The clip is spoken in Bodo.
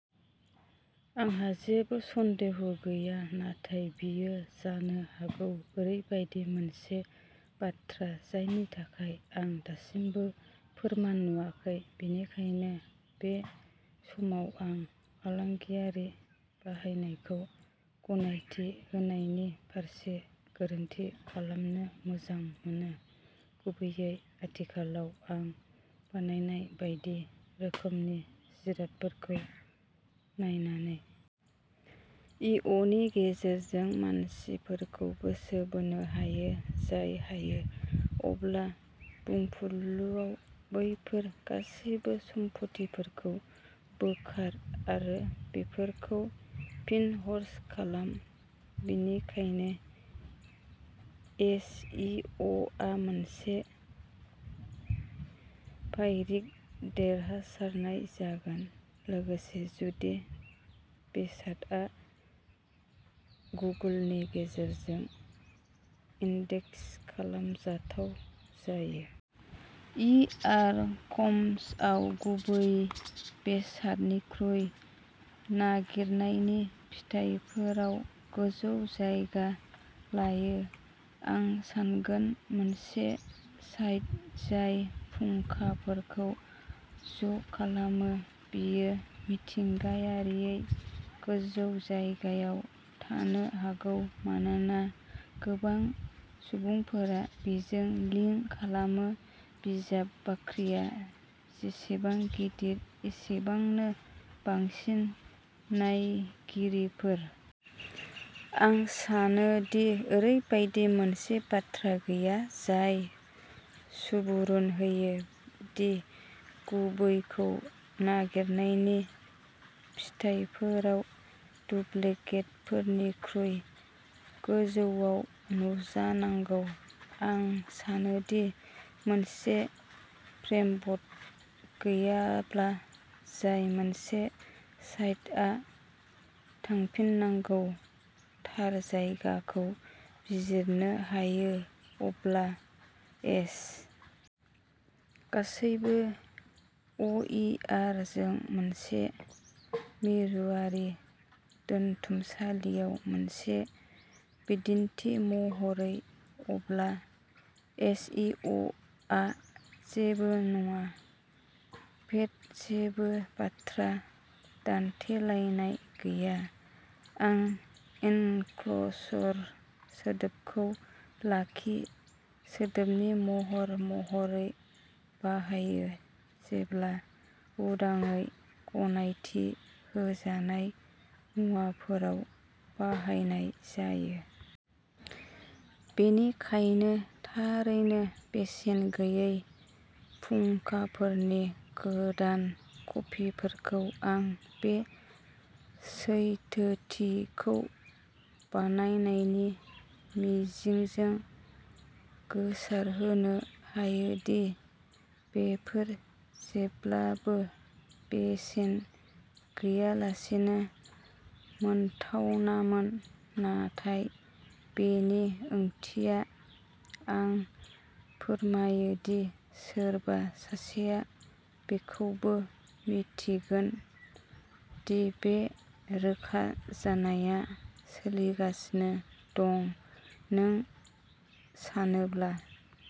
आंहा जेबो सन्देह गैया। नाथाय बेयो जानो हागौ ओरैबायदि मोनसे बाथ्रा जायनि थाखाय आं दासिमबो फोरमान नुवाखै। बेनिखायनो बे समाव आं फालांगियारि बाहायनायखौ गनायथि होनायनि फारसे गोरोन्थि खालामनो मोजां मोनो। गुबैयै आथिखालाव आं बानायनाय बायदि रोखोमनि जिरादफोरखौ नायनानै। इ. अ. नि गेजेरजों मानसिफोरखौ गोसो बोनो हायो। जाय हायो। अब्ला बुंफुरलुआव बैफोर गासिबो सम्फथिफोरखौ बोखार आरो बेफोरखौ फिन ह'स्ट खालाम। बेनिखायनो एस. इ. अ. आ मोनसे पाइरिक देरहासारनाय जागोन। लोगोसे जुदि बेसादआ गुगोलनि गेजेरजों इन्डेक्स खालामजाथाव जायो। इ. आर. कम्सआव गुबै बेसादनिख्रुइ नागिरनायनि फिथायफोराव गोजौ जायगा लायो? आं सानगोन मोनसे साइट जाय फुंखाफोरखौ ज'खालामो बेयो मिथिंगायारियै गोजौ जायगायाव थानो हागौ मानोना गोबां सुबुंफोरा बेजों लिंक खालामो। बिजाब बाख्रिया जेसेबां गिदिर एसेबांनो बांसिन नायगिरिफोर। आं सानो दि ओरैबायदि मोनसे बाथ्रा गैया जाय सुबुरुन होयो दि गुबैखौ नागिरनायनि फिथायफोराव डुप्लिकेटफोरनिख्रुइ गोजौयाव नुजानांगौ। आं सानो दि मोनसे फ्रेमवद गैयाब्ला जाय मोनसे साइटआ थांफिननांगौ थार जायगाखौ बिजिरनो हायो अब्ला एस. गासैबो अ. इ. आर. जों मोनसे मिरुआरि दोनथुमसालियाव मोनसे बिदिन्थि महरै। अब्ला एस. इ. अ. आ जेबो नङा। पेट जेबो बाथ्रा दानथेलायनाय गैया। आं एनक्ल'सर् सोदोबखौ खालि सोदोबनि महर महरै बाहायो जेब्ला उदाङै गनायथि होजानाय मुवाफोराव बाहायनाय जायो। बेनिखायनो थारैनो बेसेन गैयै फुंखाफोरनि गोदान कपिफोरखौ आं बे सैथोथिखौ बानायनायनि मिजिंजों गोसारहोनो हायो दि बेफोर जेब्लाबो बेसेन गैयालासेनो मोनथावनामोन। नाथाय बेनि ओंथिया आं फोरमायो दि सोरबा सासेआ बेखौबो मिन्थिगोन दि बे रोखा जानाया सोलिगासिनो दं। नों सानोब्ला।